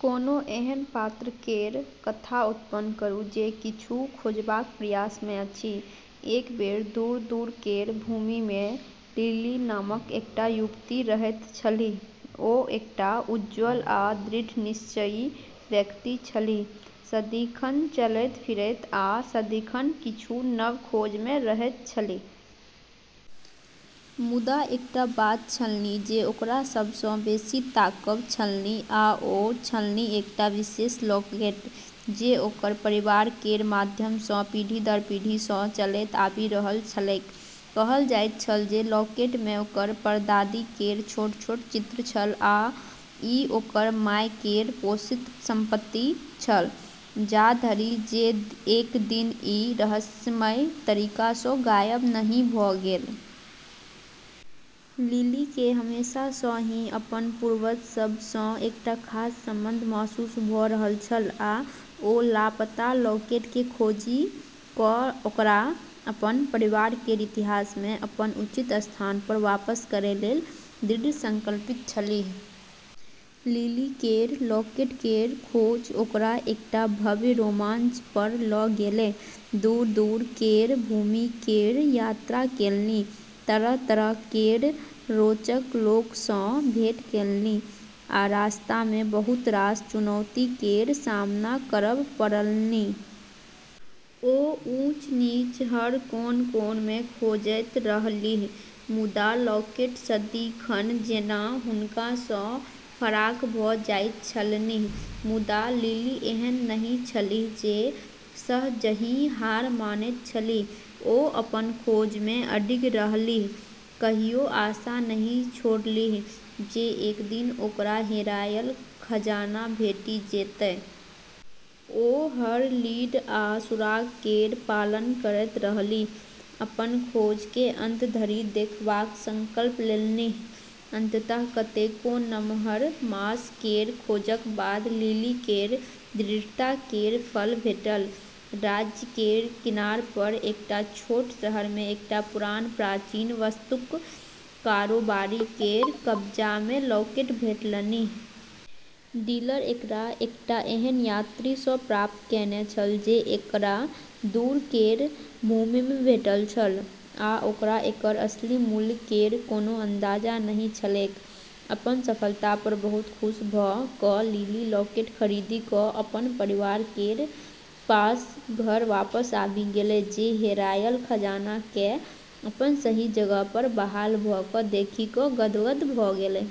कोनो एहन पात्र केर कथा उत्पन्न करू जे किछु खोजबाक प्रयास मे अछि। एक बेर दूर-दूर केर भूमि मे लिली नामक एकटा युवती रहैत छलीह। ओ एकटा उज्ज्वल आ दृढ़ निश्चयी व्यक्ति छलीह, सदिखन चलैत-फिरैत आ सदिखन किछु नव खोज मे रहैत छलीह। मुदा एकटा बात छलन्हि जे ओकरा सब सँ बेसी ताकब छलन्हि आ ओ छलन्हि एकटा विशेष लॉकेट जे ओकर परिवार केर माध्यम सँ पीढ़ी-दर-पीढ़ी सँ चलैत आबि रहल छलैक। कहल जाइत छल जे लॉकेट मे ओकर परदादी केर छोट-छोट चित्र छल आ ई ओकर माय केर पोषित संपत्ति छल, जाधरि जे एक दिन ई रहस्यमय तरीका सँ गायब नहि भऽ गेल। लिली केँ हमेशा सँ ही अपन पूर्वज सभ सँ एकटा खास संबंध महसूस भऽ रहल छल आ ओ लापता लॉकेट केँ खोजि कऽ ओकरा अपन परिवार केर इतिहास मे अपन उचित स्थान पर वापस करै लेल दृढ़ संकल्पित छलीह। लिली केर लॉकेट केर खोज ओकरा एकटा भव्य रोमांच पर लऽ गेलै। दूर-दूर केर भूमि केर यात्रा केलनि, तरह-तरह केर रोचक लोक सँ भेंट केलनि, आ रास्ता मे बहुत रास चुनौती केर सामना करब पड़लन्हि। ओ ऊँच-नीच, हर कोन-कोन मे खोजैत रहलीह, मुदा लॉकेट सदिखन जेना हुनका सँ फराक भऽ जाइत छलन्हि। मुदा लिली एहन नहि छलीह जे सहजहि हार मानैत छलीह। ओ अपन खोज मे अडिग रहलीह, कहियो आशा नहि छोड़लीह जे एक दिन ओकरा हेरायल खजाना भेटि जेतै। ओ हर लीड आ सुराग केर पालन करैत रहलीह, अपन खोज केँ अंत धरि देखबाक संकल्प लेलन्हि। अंततः कतेको नमहर मास केर खोजक बाद लिली केर दृढ़ता केर फल भेटल। राज्य केर किनार पर एकटा छोट शहर मे एकटा पुरान प्राचीन वस्तुक कारोबारी केर कब्जा मे लॉकेट भेटलन्हि। डीलर एकरा एकटा एहन यात्री सँ प्राप्त कएने छल जे एकरा दूर केर भूमि मे भेटल छल आ ओकरा एकर असली मूल्य केर कोनो अंदाजा नहि छलैक। अपन सफलता पर बहुत खुश भऽ कऽ लिली लॉकेट खरीदी कऽ अपन परिवार केर पास घर वापस आबि गेलै, जे हेरायल खजाना केँ अपन सही जगह पर बहाल भऽ कऽ देखि कऽ गदगद भऽ गेलै।